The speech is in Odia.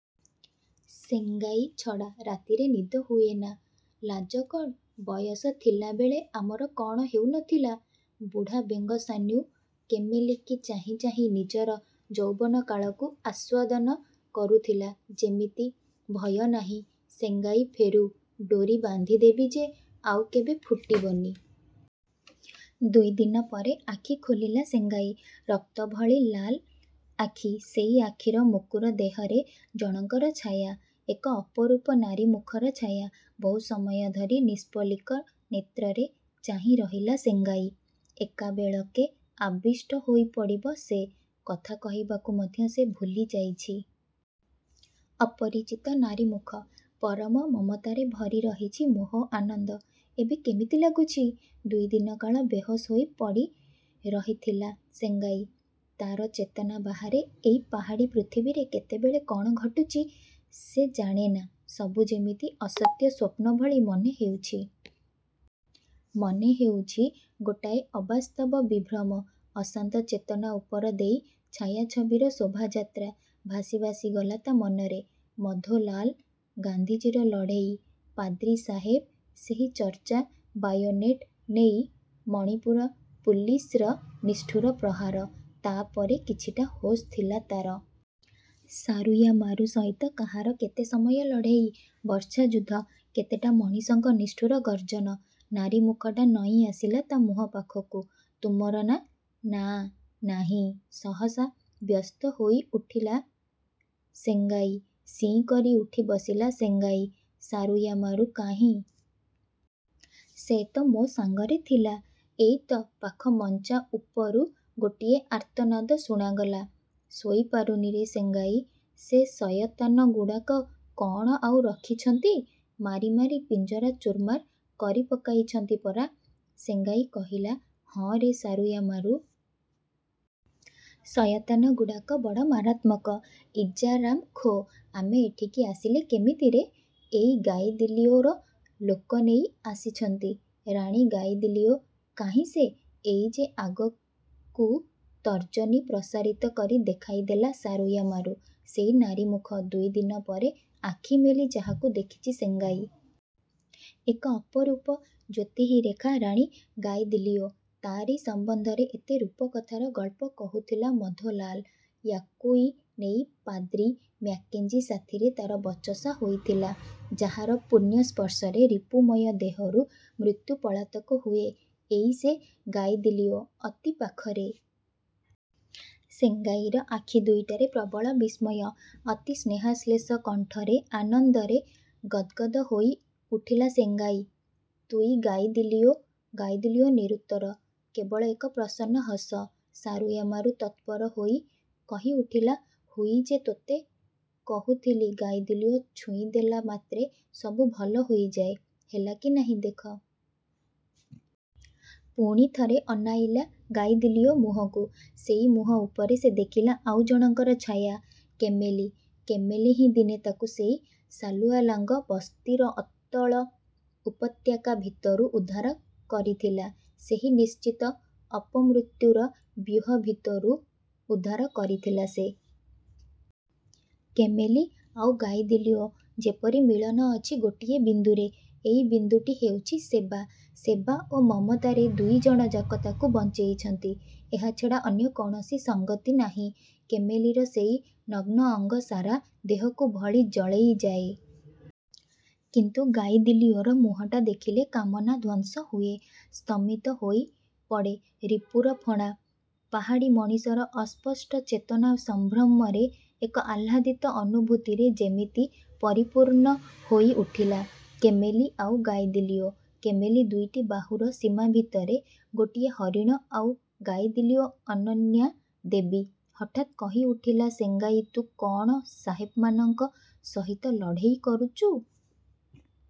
ସେଙ୍ଗାଇ ଛଡ଼ା ରାତିରେ ନିଦ ହୁଏନା! ଲାଜ କ'ଣ? ବୟସ ଥିଲାବେଳେ ଆମର କ'ଣ ହେଉ ନଥିଲା? ବୁଢ଼ୀ ବେଙ୍ଗସାନ୍ୟୁ କେମେଲୀକି ଚାହିଁ ଚାହିଁ ନିଜର ଯୌବନ କାଳକୁ ଆସ୍ୱାଦନ କରୁଥିଲା ଯେମିତି। ଭୟ ନାହିଁ। ସେଙ୍ଗାଇ ଫେରୁ, ଡ଼ୋରି ବାନ୍ଧିଦେବି ଯେ ଆଉ କେବେ ଫୁଟିବନି। ଦୁଇ ଦିନ ପରେ ଆଖି ଖୋଲିଲା ସେଙ୍ଗାଇ। ରକ୍ତ ଭଳି ଲାଲ ଆଖି। ସେଇ ଆଖିର ମୁକୁର ଦେହରେ ଜଣଙ୍କର ଛାୟା। ଏକ ଅପରୂପ ନାରୀମୁଖର ଛାୟା। ବହୁ ସମୟ ଧରି ନିଷ୍ପଲିକ ନେତ୍ରରେ ଚାହିଁ ରହିଲା ସେଙ୍ଗାଇ। ଏକାବେଳକେ ଆବିଷ୍ଟ ହୋଇପଡ଼ିବ ସେ। କଥା କହିବାକୁ ମଧ୍ୟ ସେ ଭୁଲିଯାଇଛି। ଅପରିଚିତ ନାରୀମୁଖ, ପରମ ମମତାରେ ଭରି ରହିଛି ମୋହ, ଆନନ୍ଦ। ଏବେ କେମିତି ଲାଗୁଚି? ଦୁଇଦିନ କାଳ ବେହୋସ ହୋଇପଡ଼ି ରହିଥିଲା ସେଙ୍ଗାଇ। ତାର ଚେତନା ବାହାରେ ଏଇ ପାହାଡ଼ୀ ପୃଥିବୀରେ କେତେବେଳେ କ'ଣ ଘଟୁଛି ସେ ଜାଣେନା। ସବୁ ଯେମିତି ଅସତ୍ୟ ସ୍ୱପ୍ନ ଭଳି ମନେ ହେଉଚି। ମନେ ହେଉଛି ଗୋଟାଏ ଅବାସ୍ତବ ବିଭ୍ରମ। ଅଶାନ୍ତ ଚେତନା ଉପର ଦେଇ ଛାୟାଛବିର ଶୋଭାଯାତ୍ରା ଭାସି ଭାସି ଗଲା ତା ମନରେ। ମଧୋଲାଲ। ଗାନ୍ଧିଜୀର ଲଢ଼େଇ। ପାଦ୍ରୀ ସାହେବ। ସେହି ଚର୍ଚ୍ଚା, ବାୟୋନେଟ ନେଇ ମଣିପୁର ପୁଲିସର ନିଷ୍ଠୁର ପ୍ରହାର। ତା ପରେ କିଛିଟା ହୋସ ଥିଲା ତାର। ସାରୁୟାମାରୁ ସହିତ କାହାର କେତେ ସମୟ ଲଢ଼େଇ, ବର୍ଚ୍ଛା ଯୁଦ୍ଧ। କେତେଟା ମଣିଷଙ୍କ ନିଷ୍ଠୁର ଗର୍ଜନ। ନାରୀ ମୁଖଟା ନଇଁ ଆସିଲା ତା ମୁହଁ ପାଖକୁ ତୁମର ନା? ନାଁ ନାହିଁ। ସହସା ବ୍ୟସ୍ତ ହୋଇଉଠିଲା ସେଙ୍ଗାଇ। ସିଁ କରି ଉଠିବସିଲା ସେଙ୍ଗାଇ। ସାରୁୟାମାରୁ କାହିଁ? ସେ ତ ମୋ ସାଙ୍ଗରେ ଥିଲା। ଏଇ ତ। ପାଖ ମଞ୍ଚା ଉପରୁ ଗୋଟିଏ ଆର୍ତ୍ତନାଦ ଶୁଣାଗଲା ଶୋଇ ପାରୁନି ରେ ସେଙ୍ଗାଇ। ସେ ସୟତାନଗୁଡ଼ାକ କ'ଣ ଆଉ ରଖିଛନ୍ତି? ମାରି ମାରି ପିଞ୍ଜରା ଚୁରମାର କରି ପକାଇଛନ୍ତି ପରା! ସେଙ୍ଗାଇ କହିଲା, ହଁ ରେ ସାରୁୟାମାରୁ! ସୟତାନଗୁଡ଼ାକ ବଡ଼ ମାରାତ୍ମକ। ଇଜା ରାମ ଖୋ! ଆମେ ଏଠିକି ଆସିଲେ କମିତି ରେ? ଏଇ ଗାଇଦିଲିଓର ଲୋକ ନେଇ ଆସିଛନ୍ତି। ରାଣୀ ଗାଇଦିଲିଓ! କାହିଁ ସେ? ଏଇ ଯେ ଆଗକୁ ତର୍ଜନୀ ପ୍ରସାରିତ କରି ଦେଖାଇ ଦେଲା ସାରୁୟାମାରୁ। ସେଇ ନାରୀମୁଖ, ଦୁଇଦିନ ପରେ ଆଖି ମେଲି ଯାହାକୁ ଦେଖିଛି ସେଙ୍ଗାଇ। ଏକ ଅପରୂପ ଜ୍ୟୋତିଃରେଖା। ରାଣୀ ଗାଇଦିଲିଓ! ତାରି ସମ୍ବନ୍ଧରେ ଏତେ ରୂପକଥାର ଗଳ୍ପ କହୁଥିଲା ମଧୋଲାଲ। ୟାକୁଇ ନେଇ ପାଦ୍ରୀ ମ୍ୟାକେଞ୍ଜି ସାଥିରେ ତାର ବଚସା ହୋଇଥିଲା। ଯାହାର ପୁଣ୍ୟ ସ୍ପର୍ଶରେ ରିପୁମୟ ଦେହରୁ ମୃତ୍ୟୁ ପଳାତକ ହୁଏ, ଏଇ ସେ ଗାଇଦିଲିଓ! ଅତି ପାଖରେ। ସେଙ୍ଗାଇର ଆଖି ଦୁଇଟାରେ ପ୍ରବଳ ବିସ୍ମୟ। ଅତି ସ୍ନେହାଶ୍ଳେଷ କଣ୍ଠରେ ଆନନ୍ଦରେ ଗଦ୍ଗଦ୍ ହୋଇଉଠିଲା ସେଙ୍ଗାଇ। ତୁଇ ଗାଇଦିଲିଓ। ଗାଇଦିଲିଓ ନିରୁତ୍ତର। କେବଳ ଏକ ପ୍ରସନ୍ନ ହସ। ସାରୁୟାମାରୁ ତତ୍ପର ହୋଇ କହିଉଠିଲା ହୁଇ ଯେ ତୋତେ କହୁଥିଲି ଗାଇଦିଲିଓ ଛୁଇଁ ଦେଲାମାତ୍ରେ ସବୁ ଭଲ ହୋଇଯାଏ, ହେଲା କି ନାହିଁ ଦେଖ। ପୁଣି ଥରେ ଅନାଇଲା ଗାଇଦିଲିଓ ମୁହଁକୁ। ସେଇ ମୁହଁ ଉପରେ ସେ ଦେଖିଲା ଆଉ ଜଣଙ୍କର ଛାୟା, କେମେଲୀ। କେମେଲୀ ହିଁ ଦିନେ ତାକୁ ସେଇ ସାଲୁଆଲାଙ୍ଗ ବସ୍ତିର ଅତଳ ଉପତ୍ୟକା ଭିତରୁ ଉଦ୍ଧାର କରିଥିଲା। ସେହି ନିଶ୍ଚିତ ଅପମୃତ୍ୟୁର ବ୍ୟୁହ ଭିତରୁ ଉଦ୍ଧାର କରିଥିଲା ସେ। କେମେଲୀ ଆଉ ଗାଇଦିଲିଓ ଯେପରି ମିଳନ ଅଛି ଗୋଟିଏ ବିନ୍ଦୁରେ। ଏଇ ବିନ୍ଦୁଟି ହେଉଚି ସେବା। ସେବା ଓ ମମତାରେ ଦୁଇ ଜଣଯାକ ତାକୁ ବଞ୍ଚେଇଛନ୍ତି। ଏହା ଛଡ଼ା ଅନ୍ୟ କୌଣସି ସଙ୍ଗତି ନାହିଁ। କେମେଲୀର ସେଇ ନଗ୍ନ ଅଙ୍ଗ ସାରା ଦେହକୁ ଭଳି ଜଳେଇଯାଏ। କିନ୍ତୁ ଗାଇଦିଲିଓର ମୁହଁଟା ଦେଖିଲେ କାମନା ଧ୍ୱଂସ ହୁଏ। ସ୍ତମିତ ହୋଇପଡ଼େ ରିପୁର ଫଣା। ପାହାଡ଼ୀ ମଣିଷର ଅସ୍ପଷ୍ଟ ଚେତନା ସଂଭ୍ରମରେ, ଏକ ଆହ୍ଲାଦିତ ଅନୁଭୂତିରେ ଯେମିତି ପରିପୂର୍ଣ୍ଣ ହୋଇଉଠିଲା। କେମେଲୀ ଆଉ ଗାଇଦିଲିଓ। କେମେଲୀ ଦୁଇଟି ବାହୁର ସୀମା ଭିତରେ ଗୋଟିଏ ହରିଣ ଆଉ ଗାଇଦିଲିଓ ଅନନ୍ୟା, ଦେବୀ! ହଠାତ୍ କହି ଉଠିଲା ସେଙ୍ଗାଇତୁ କ'ଣ ସାହେବମାନଙ୍କ ସହିତ ଲଢ଼େଇ କରୁଚୁ?